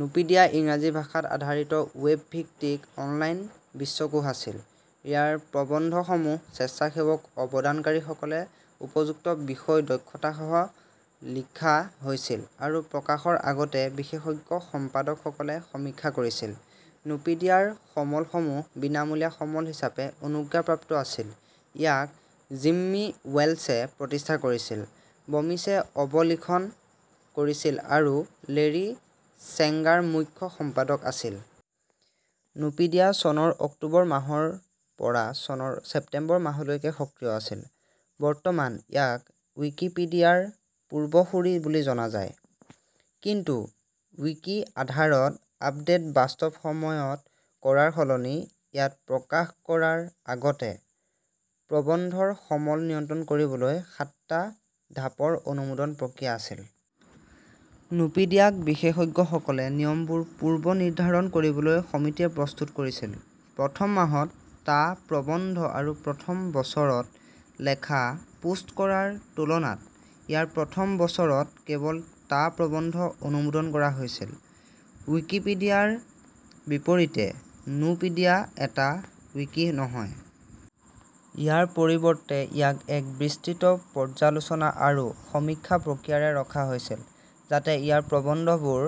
Nupedia ইংৰাজী ভাষা ত আধাৰিত ৱেব-ভিত্তিক অনলাইন বিশ্বকোষ আছিল। ইয়াৰ প্ৰবন্ধসমূহ স্বেচ্ছাসেৱক অৱদানকাৰীসকলে উপযুক্ত বিষয় দক্ষতাসহ লিখা হৈছিল আৰু প্ৰকাশৰ আগতে বিশেষজ্ঞ সম্পাদকসকলে সমীক্ষা কৰিছিল। নুপিডিয়াৰ সমলসমূহ বিনামূলীয়া সমল হিচাপে অনুজ্ঞাপ্ৰাপ্ত আছিল। ইয়াক জিম্মী ৱেলছে প্ৰতিষ্ঠা কৰিছিল, বমিছে অবলিখন কৰিছিল আৰু লেৰী ছেংগাৰ মুখ্য সম্পাদক আছিল। নুপিডিয়া চনৰ অক্টোবৰ মাহৰ পৰা চনৰ ছেপ্টেম্বৰ মাহলৈকে সক্ৰিয় আছিল। বৰ্তমান ইয়াক ৱিকিপিডিয়া ৰ পূৰ্বসূৰী বুলি জনা যায়। কিন্তু ৱিকি -আধাৰিত আপডেট বাস্তৱ সময়ত কৰাৰ সলনি ইয়াত প্ৰকাশ কৰাৰ আগতে প্ৰবন্ধৰ সমল নিয়ন্ত্ৰণ কৰিবলৈ সাতটা ঢাপৰ অনুমোদন প্ৰক্ৰিয়া আছিল। নুপিডিয়াক বিশেষজ্ঞসকলে নিয়মবোৰ পূৰ্বনিৰ্ধাৰণ কৰিবলৈ সমিতিয়ে প্ৰস্তুত কৰিছিল। প্ৰথম মাহত টা প্ৰবন্ধ আৰু প্ৰথম বছৰত লেখা পোষ্ট কৰাৰ তুলনাত ইয়াৰ প্ৰথম বছৰত কেৱল টা প্ৰবন্ধ অনুমোদন কৰা হৈছিল। ৱিকিপিডিয়া ৰ বিপৰীতে নুপিডিয়া এটা ৱিকি নহয়। ইয়াৰ পৰিৱৰ্তে ইয়াক এক বিস্তৃত পৰ্যালোচনা আৰু সমীক্ষা প্ৰক্ৰিয়াৰে ৰখা হৈছিল যাতে ইয়াৰ প্ৰবন্ধবোৰ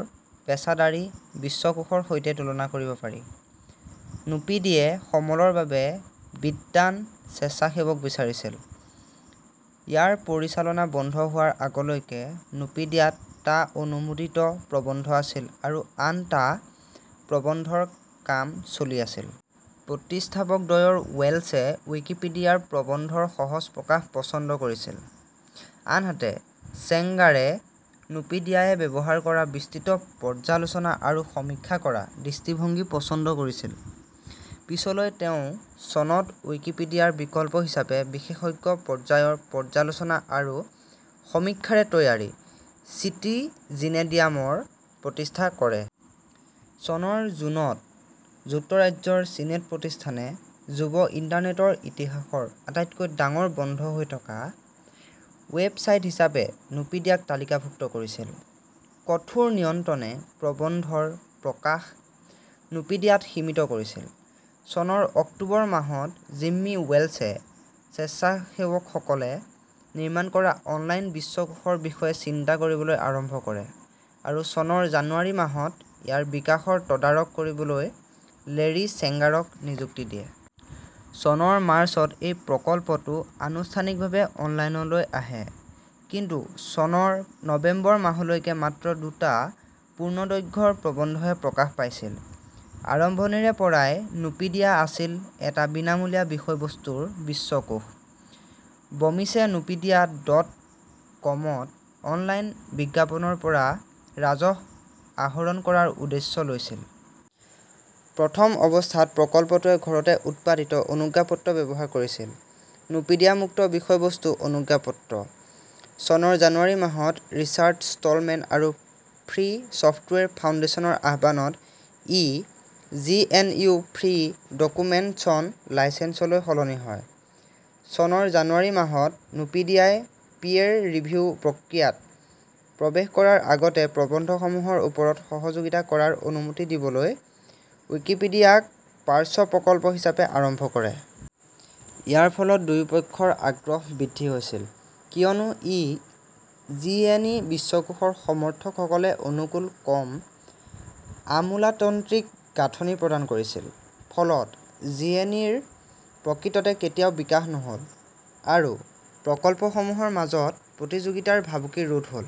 পেছাদাৰী বিশ্বকোষৰ সৈতে তুলনা কৰিব পাৰি। নুপিডিয়ে সমলৰ বাবে বিদ্বান স্বেচ্ছাসেৱক বিচাৰিছিল। ইয়াৰ পৰিচালনা বন্ধ হোৱাৰ আগলৈকে নুপিডিয়াত টা অনুমোদিত প্ৰবন্ধ আছিল আৰু আন টা প্ৰবন্ধৰ কাম চলি আছিল। প্ৰতিষ্ঠাপকদ্বয়ৰ ৱেলছে ৱিকিপিডিয়াৰ প্ৰবন্ধৰ সহজ প্ৰকাশ পছন্দ কৰিছিল আনহাতে ছেংগাৰে নুপিডিয়ায়ে ব্যৱহাৰ কৰা বিস্তৃত পৰ্যালোচনা আৰু সমীক্ষা কৰা দৃষ্টিভংগী পছন্দ কৰিছিল। পিছলৈ তেওঁ চনত ৱিকিপিডিয়াৰ বিকল্প হিচাপে বিশেষজ্ঞ-পৰ্যায়ৰ পৰ্যালোচনা আৰু সমীক্ষাৰে তৈয়াৰী 'চিটিজিনেডিয়াম'ৰ প্ৰতিষ্ঠা কৰে। চনৰ জুনত যুক্তৰাজ্য ৰ চিনেট প্ৰতিষ্ঠানে যুৱ ইণ্টাৰনেটৰ ইতিহাসৰ আটাইতকৈ ডাঙৰ বন্ধ হৈ থকা ৱেব ছাইট হিচাপে নুপিডিয়াক তালিকাভুক্ত কৰিছিল। কঠোৰ নিয়ন্ত্ৰণে প্ৰবন্ধৰ প্ৰকাশ নুপিডিয়াত সীমিত কৰিছিল। চনৰ অক্টোবৰ মাহত জিম্মী ৱেলছে স্বেচ্ছাসেৱকসকলে নিৰ্মাণ কৰা অনলাইন বিশ্বকোষৰ বিষয়ে চিন্তা কৰিবলৈ আৰম্ভ কৰে আৰু চনৰ জানুৱাৰী মাহত ইয়াৰ বিকাশৰ তদাৰক কৰিবলৈ লেৰী ছেংগাৰক নিযুক্তি দিয়ে। চনৰ মাৰ্চত এই প্ৰকল্পটো আনুষ্ঠানিকভাৱে অনলাইনলৈ আহে। কিন্তু চনৰ নৱেম্বৰ মাহলৈকে মাত্ৰ দুটা পূৰ্ণদৈৰ্ঘ্যৰ প্ৰবন্ধহে প্ৰকাশ পাইছিল। আৰম্ভণিৰে পৰাই নুপিডিয়া আছিল এটা বিনামূলীয়া বিষয়বস্তুৰ বিশ্বকোষ, বমিছে নুপিডিয়া ডট কমত অনলাইন বিজ্ঞাপনৰ পৰা ৰাজহ আহৰণ কৰাৰ উদ্দেশ্য লৈছিল। প্ৰথম অৱস্থাত প্ৰকল্পটোৱে ঘৰতে উৎপাদিত অনুজ্ঞাপত্ৰ ব্যৱহাৰ কৰিছিল, নুপিডিয়া মুক্ত বিষয়বস্তু অনুজ্ঞাপত্ৰ। চনৰ জানুৱাৰী মাহত ৰিচাৰ্ড ষ্টলমেন আৰু ফ্ৰী চফ্টৱেৰ ফাউণ্ডেশ্যনৰ আহ্বানত ই জিএনইউ ফ্ৰী ডকুমেণ্টেচন লাইচেন্সলৈ সলনি হয়। চনৰ জানুৱাৰী মাহত নুপিডিয়াই পিয়েৰ ৰিভিউ প্ৰক্ৰিয়াত প্ৰৱেশ কৰাৰ আগতে প্ৰবন্ধসমূহৰ ওপৰত সহযোগিতা কৰাৰ অনুমতি দিবলৈ ৱিকিপিডিয়াক পাৰ্শ্ব-প্ৰকল্প হিচাপে আৰম্ভ কৰে। ইয়াৰ ফলত দুয়োপক্ষৰ আগ্ৰহ বৃদ্ধি হৈছিল, কিয়নো ই জিএনই বিশ্বকোষৰ সমৰ্থকসকলে অনুকূল কম আমোলাতন্ত্ৰিক গাঁথনি প্ৰদান কৰিছিল। ফলত জিএনইৰ প্ৰকৃততে কেতিয়াও বিকাশ নহ'ল, আৰু প্ৰকল্পসমূহৰ মাজত প্ৰতিযোগিতাৰ ভাবুকি ৰোধ হ'ল।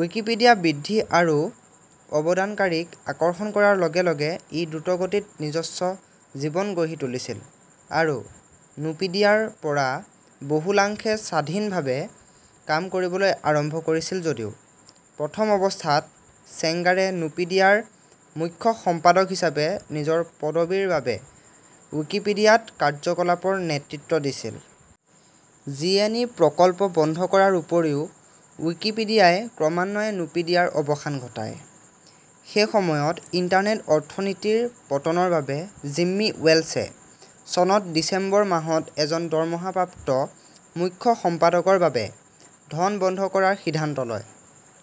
ৱিকিপিডিয়া বৃদ্ধি আৰু অৱদানকাৰীক আকৰ্ষণ কৰাৰ লগে লগে ই দ্ৰুতগতিত নিজস্ব জীৱন গঢ়ি তুলিছিল আৰু নুপিডিয়াৰ পৰা বহুলাংশে স্বাধীনভাৱে কাম কৰিবলৈ আৰম্ভ কৰিছিল যদিও প্ৰথম অৱস্থাত ছেংগাৰে নুপিডিয়াৰ মুখ্য সম্পাদক হিচাপে নিজৰ পদৱীৰ বাবে ৱিকিপিডিয়াত কাৰ্যকলাপৰ নেতৃত্ব দিছিল। জিএনই প্ৰকল্প বন্ধ কৰাৰ উপৰিও ৱিকিপিডিয়াই ক্ৰমান্বয়ে নুপিডিয়াৰ অৱসান ঘটায়। সেই সময়ত ইণ্টাৰনেট অৰ্থনীতিৰ পতনৰ বাবে জিম্মী ৱেলছে চনৰ ডিচেম্বৰ মাহত এজন দৰমহাপ্ৰাপ্ত মুখ্য সম্পাদকৰ বাবে ধন বন্ধ কৰাৰ সিদ্ধান্ত লয়,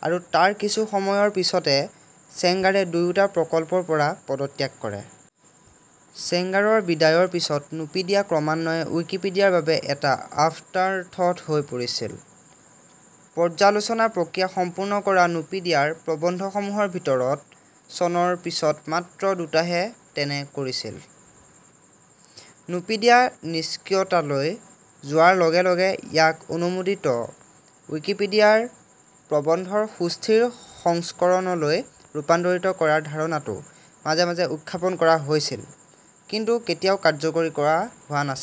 আৰু তাৰ কিছু সময়ৰ পিছতে ছেংগাৰে দুয়োটা প্ৰকল্পৰ পৰা পদত্যাগ কৰে। ছেংগাৰৰ বিদায়ৰ পিছত নুপিডিয়া ক্ৰমান্বয়ে ৱিকিপিডিয়াৰ বাবে এটা আফটাৰথ্থ হৈ পৰিছিল; পৰ্যালোচনা প্ৰক্ৰিয়া সম্পূৰ্ণ কৰা নুপিডিয়াৰ প্ৰবন্ধসমূহৰ ভিতৰত চনৰ পিছত মাত্ৰ দুটাহে তেনে কৰিছিল। নুপিডিয়া নিষ্ক্ৰিয়তালৈ যোৱাৰ লগে লগে ইয়াক অনুমোদিত ৱিকিপিডিয়াৰ প্ৰবন্ধৰ সুস্থিৰ সংস্কৰণলৈ ৰূপান্তৰিত কৰাৰ ধাৰণাটো মাজে মাজে উত্থাপন কৰা হৈছিল, কিন্তু কেতিয়াও কাৰ্যকৰী কৰা হোৱা নাছিল।